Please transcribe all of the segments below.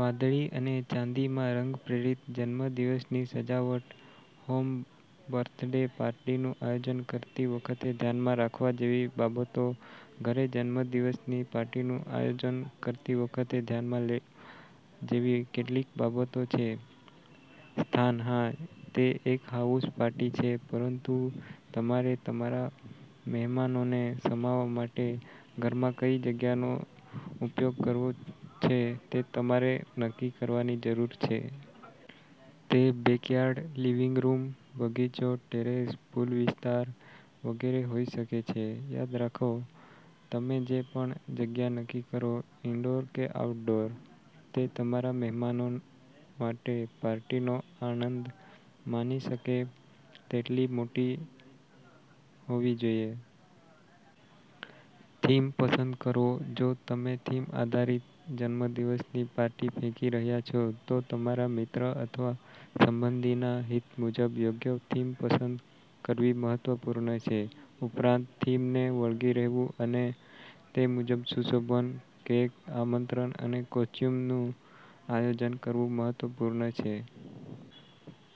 વાદળી અને ચાંદીમાં રંગ-પ્રેરિત જન્મદિવસની સજાવટ હોમ બર્થડે પાર્ટીનું આયોજન કરતી વખતે ધ્યાનમાં રાખવા જેવી બાબતો ઘરે જન્મદિવસની પાર્ટીનું આયોજન કરતી વખતે ધ્યાનમાં લે જેવી કેટલીક બાબતો છે સ્થાન હા, તે એક હાઉસ પાર્ટી છે પરંતુ તમારે તમારા મહેમાનોને સમાવવા માટે ઘરમાં કઈ જગ્યાનો ઉપયોગ કરવો છે તે તમારે નક્કી કરવાની જરૂર છે. તે બેકયાર્ડ, લિવિંગ રૂમ, બગીચો, ટેરેસ, પૂલ વિસ્તાર વગેરે હોઈ શકે છે. યાદ રાખો, તમે જે પણ જગ્યા નક્કી કરો- ઇન્ડોર કે આઉટડોર, તે તમારા મહેમાનો માટે પાર્ટીનો આનંદ માની શકે તેટલી મોટી હોવી જોઈએ. થીમ પસંદ કરો જો તમે થીમ આધારિત જન્મદિવસની પાર્ટી ફેંકી રહ્યા છો, તો તમારા મિત્ર અથવા સંબંધીના હિત મુજબ યોગ્ય થીમ પસંદ કરવી મહત્વપૂર્ણ છે. ઉપરાંત, થીમને વળગી રહેવું અને તે મુજબ સુશોભન, કેક, આમંત્રણ અને કોસ્ચ્યુમનું આયોજન કરવું મહત્વપૂર્ણ છે.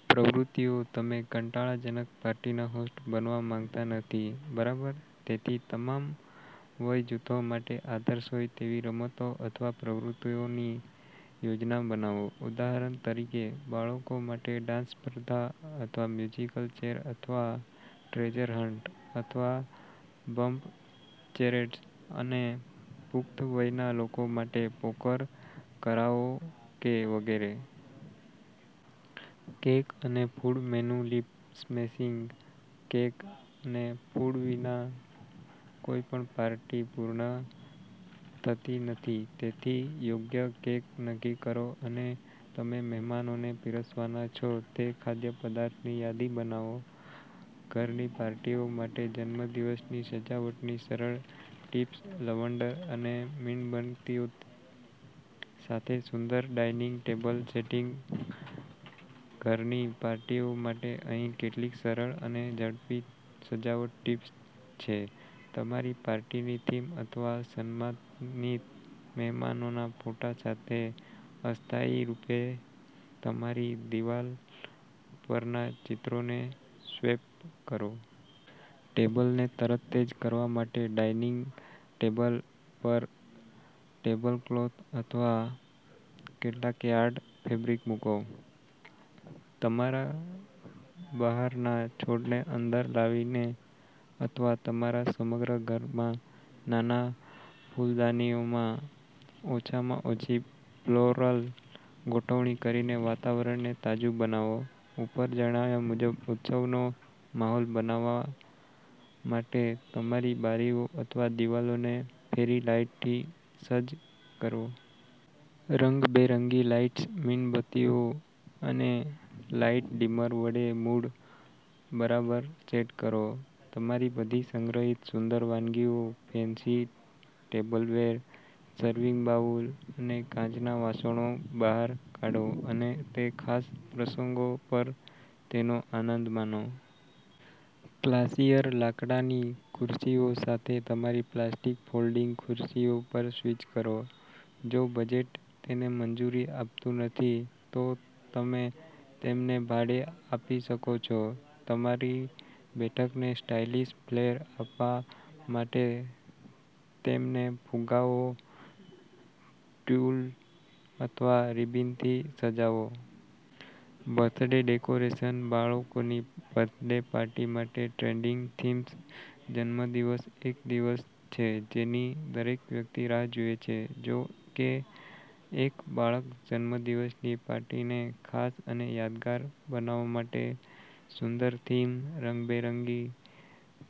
પ્રવૃત્તિઓ તમે કંટાળાજનક પાર્ટીના હોસ્ટ બનવા માંગતા નથી, બરાબર? તેથી, તમામ વય જૂથો માટે આદર્શ હોય તેવી રમતો અથવા પ્રવૃત્તિઓની યોજના બનાવો. ઉદાહરણ તરીકે, બાળકો માટે ડાન્સ સ્પર્ધા અથવા મ્યુઝિકલ ચેર અથવા ટ્રેઝર હન્ટ અથવા બમ્બ ચૅરેડ્સ અને પુખ્ત વયના લોકો માટે પોકર, કરાઓકે વગેરે. કેક અને ફૂડ મેનૂ લિપ-સ્મેશિંગ કેક અને ફૂડ વિના કોઈપણ પાર્ટી પૂર્ણ થતી નથી. તેથી, યોગ્ય કેક નક્કી કરો અને તમે મહેમાનોને પીરસવાના છો તે ખાદ્યપદાર્થની યાદી બનાવો. ઘરની પાર્ટીઓ માટે જન્મદિવસની સજાવટની સરળ ટિપ્સ લવંડર અને મીનબંત્તીઓ સાથે સુંદર ડાઇનિંગ ટેબલ સેટિંગ ઘરની પાર્ટીઓ માટે અહીં કેટલીક સરળ અને ઝડપી સજાવટ ટિપ્સ છે તમારી પાર્ટીની થીમ અથવા સન્માનિત મહેમાનોના ફોટા સાથે અસ્થાયી રૂપે તમારી દિવાલ પરના ચિત્રોને સ્વેપ કરો. ટેબલને તરતતેજ કરવા માટે ડાઇનિંગ ટેબલ પર ટેબલક્લોથ અથવા કેટલાક યાર્ડ ફેબ્રિક મૂકો. તમારા બહારના છોડને અંદર લાવીને અથવા તમારા સમગ્ર ઘરમાં નાના ફૂલદાનીઓમાં ઓછામાં ઓછી ફ્લોરલ ગોઠવણી કરીને વાતાવરણને તાજું બનાવો. ઉપર જણાવ્યા મુજબ, ઉત્સવનો માહોલ બનાવવા માટે તમારી બારીઓ અથવા દિવાલોને ફેરી લાઇટથી સજ્જ કરો. રંગબેરંગી લાઇટ્સ, મીનબત્તીઓ અને લાઇટ ડિમર વડે મૂડ બરાબર સેટ કરો. તમારી બધી સંગ્રહિત સુંદર વાનગીઓ, ફેન્સી ટેબલવેર, સર્વિંગ બાઉલ અને કાચનાં વાસણો બહાર કાઢો અને તે ખાસ પ્રસંગો પર તેનો આનંદ માનો. ક્લાસિયર લાકડાની ખુરશીઓ સાથે તમારી પ્લાસ્ટિક ફોલ્ડિંગ ખુરશીઓ પર સ્વિચ કરો. જો બજેટ તેને મંજૂરી આપતું નથી, તો તમે તેમને ભાડે આપી શકો છો. તમારી બેઠકને સ્ટાઇલિશ ફ્લેર આપવા માટે તેમને ફુગ્ગાઓ, ટ્યૂલ અથવા રિબીનથી સજાવો. બર્થડે ડેકોરેશન બાળકોની બર્થડે પાર્ટી માટે ટ્રેન્ડિંગ થીમ્સ જન્મદિવસ એક દિવસ છે જેની દરેક વ્યક્તિ રાહ જુએ છે. જો કે, એક બાળક જન્મદિવસની પાર્ટીને ખાસ અને યાદગાર બનાવવા માટે સુંદર થીમ, રંગબેરંગી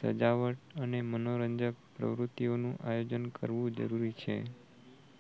સજાવટ અને મનોરંજક પ્રવૃત્તિઓનું આયોજન કરવું જરૂરી છે.